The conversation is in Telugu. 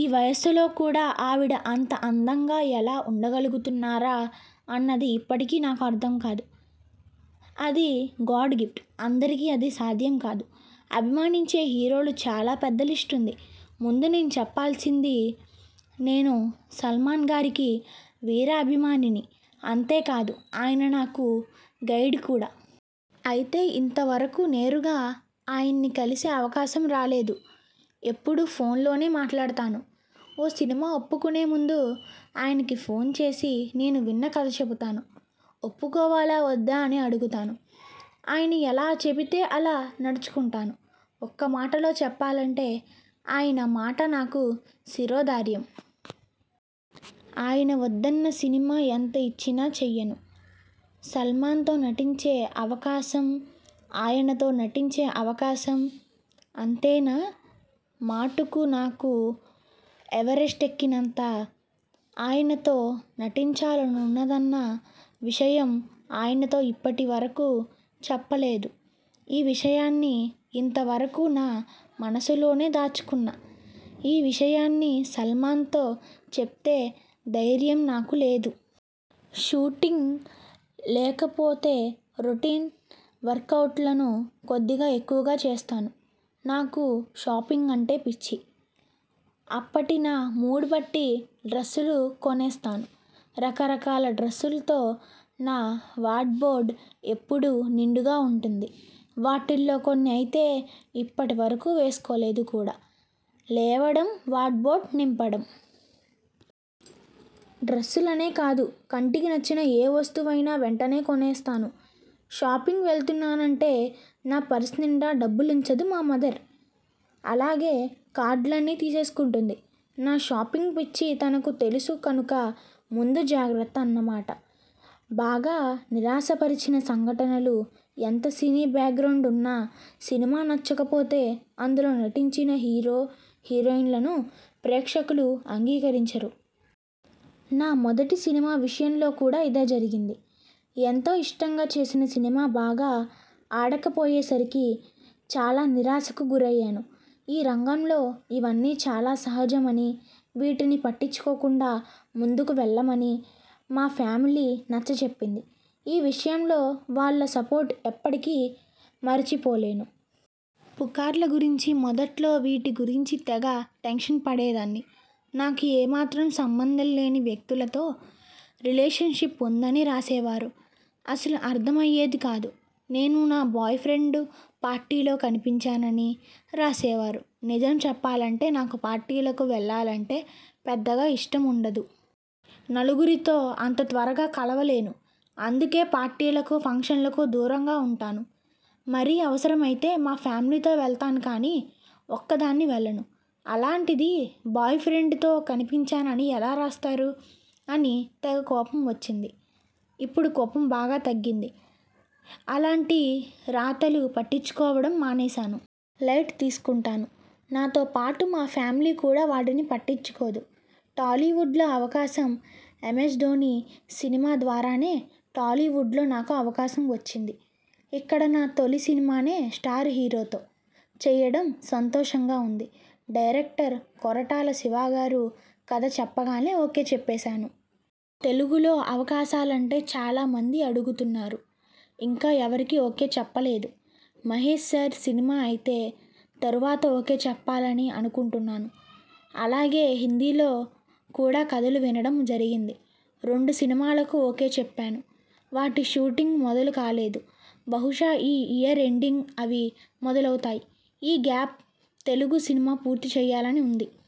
ఈ వయస్సులో కూడా ఆవిడ అంత అందంగా ఎలా ఉండగలుగుతున్నారా? అన్నది ఇప్పటికీ నాకు అర్థం కాదు. అది గాడ్ గిఫ్ట్. అందరికీ అది సాధ్యం కాదు. అభిమానించే హీరోలుచాలా పెద్ద లిస్ట్ ఉంది. ముందు చెప్పాల్సింది నేను సల్మాన్గారికి వీరాభిమానిని. అంతే కాదు ఆయన నాకు గైడ్ కూడా! అయితే ఇంతవరకూ నేరుగా ఆయన్ని కలిసే అవకాశం రాలేదు. ఎప్పుడూ ఫోన్లోనే మాట్లాడతాను. ఓ సినిమా ఒప్పుకునేముందు ఆయనకి ఫోన్ చేసి నేను విన్న కథ చెబుతాను. ఒప్పుకోవాలా? వద్దా? అని అడుగుతాను. ఆయన ఎలా చెబితే అలా నడుచుకుంటాను. ఒక్కమాటలో చెప్పాలంటే ఆయన మాట నాకు శిరోధార్యం. ఆయన వద్దన్న సినిమా ఎంత ఇచ్చినా చేయను. సల్మాన్తో నటించే అవకాశంఆయనతో నటించే అవకాశం అంతేనా మాటుకు నాకు ఎవరెస్ట్ ఎక్కినంత! ఆయనతో నటించాలనుందన్న విషయం ఆయనతో ఇప్పటి వరకూ చెప్పలేదు. ఈ విషయాన్ని ఇంత వరకూ నా మనసులోనే దాచుకున్నా. ఈ విషయాన్ని సల్మాన్తో చెప్పే ధైర్యం నాకు లేదు. షూటింగ్ లేకపోతేరొటీన్ వర్కవుట్లను కొద్దిగా ఎక్కువగా చేస్తాను. నాకు షాపింగ్ అంటే పిచ్చి. అప్పటి నా మూడ్ బట్టి డ్రస్సులు కొనేస్తాను. రకరకాల డ్రస్సులతో నా వార్డ్రోబ్ ఎప్పుడూ నిండుగా ఉంటుంది. వాటిల్లో కొన్ని అయితే ఇప్పటి వరకూ వేసుకోలేదు కూడా! లేవడం వార్డ్రోబోర్డు నింపడం! డ్రస్సులనే కాదు. కంటికి నచ్చిన ఏ వస్తువు అయినా వెంటనే కొనేస్తాను. షాపింగ్ వెళ్ళుతున్నానంటే నా పర్స్ నిండా డబ్బులుంచదు మా మదర్. అలాగే కార్డులన్నీ తీసేసుకుంటుంది. నా షాపింగ్ పిచ్చి తనకు తెలుసు కనుక ముందు జాగ్రత్త అన్నమాట! బాగా నిరాశపరిచిన సంఘటనలు.. ఎంత సినీ బ్యాక్గ్రౌండ్ ఉన్నా సినిమా నచ్చకపోతే అందులో నటించిన హీరో హీరోయిన్లను ప్రేక్షకులు అంగీకరించరు. నా మొదటి సినిమా విషయంలో కూడా ఇదే జరిగింది. ఎంతో ఇష్టంగా చేసిన సినిమా బాగా ఆడకపోయే సరికి చాలా నిరాశకు గురయ్యాను. ఈ రంగంలో ఇవన్నీ చాలా సహజమనీ, వీటిని పట్టించుకోకుండా ముందుకు వెళ్ళామని మా ఫ్యామిలీ నచ్చచెప్పింది. ఈ విషయంలో వాళ్ళ సపోర్ట్ ఎప్పటికీ మరిచిపోలేను. పుకార్ల గురించిమొదట్లో వీటి గురించి తెగ టెన్షన్ పడేదాన్ని. నాకు ఏమాత్రం సంబంధం లేని వ్యక్తులతో రిలేషన్షిప్ ఉందని రాసేవారు. అస్సలు అర్థమయ్యేది కాదు. నేను నా బాయ్ ఫ్రెండ్ పార్టీలో కనిపించానని రాసేవారు. నిజం చెప్పాలంటే నాకు పార్టీలకు వెళ్ళాలంటే పెద్దగా ఇష్టం ఉండదు. నలుగురితో అంత త్వరగా కలవలేను. అందుకే పార్టీలకూ, ఫంక్షన్లకూ దూరంగా ఉంటాను. మరీ అవసరమైతే మా ఫ్యామిలీతో వెలతాను కానీ, ఒక్కదాన్ని వెళ్ళను. అలాంటిది బాయ్ ఫ్రెండ్తో కనిపించానని ఎలా రాస్తారు అని తెగ కోపం వచ్చిది. ఇప్పుడు కోపం బాగా తగ్గింది. అలాంటి రాతలు పట్టించుకోవడం మానేశాను. లైట్ తీసుకుంటాను. నాతో పాటు మా ఫ్యామిలీ కూడా వాడిని పట్టించుకోదు. టాలీవుడ్లో అవకాశం'ఎంఎస్ధోని' సినిమా ద్వారానే టాలీవుడ్లో నాకు అవకాశం వచ్చింది. ఇక్కడ నా తొలి సినిమానే స్టార్ హీరోతో చేయడం సంతోషంగా ఉంది. డైరెక్టర్ కొరటాల శివగారు కథ చెప్పగానే ఓకే చెప్పేశాను. తెలుగులో అవకాశాలంటేచాలామంది అడుగుతున్నారు. ఇంకా ఎవరికీ ఓకే చెప్పలేదు. మహేష్సార్ సినిమా అయిన తరువాత ఓకే చెప్పాలని అనుకుంటున్నాను. అలాగే హిందీలో కూడా కథలు వినడం జరిగింది. రెండు సినిమాలకు ఓకే చెప్పాను. వాటి షూటింగ్ మొదలు కాలేదు. బహుశా ఈ ఇయర్ ఎండింగ్ అవి మొదలవుతాయి. ఈ గ్యాప్ తెలుగు సినిమా పూర్తి చేయాలని ఉంది.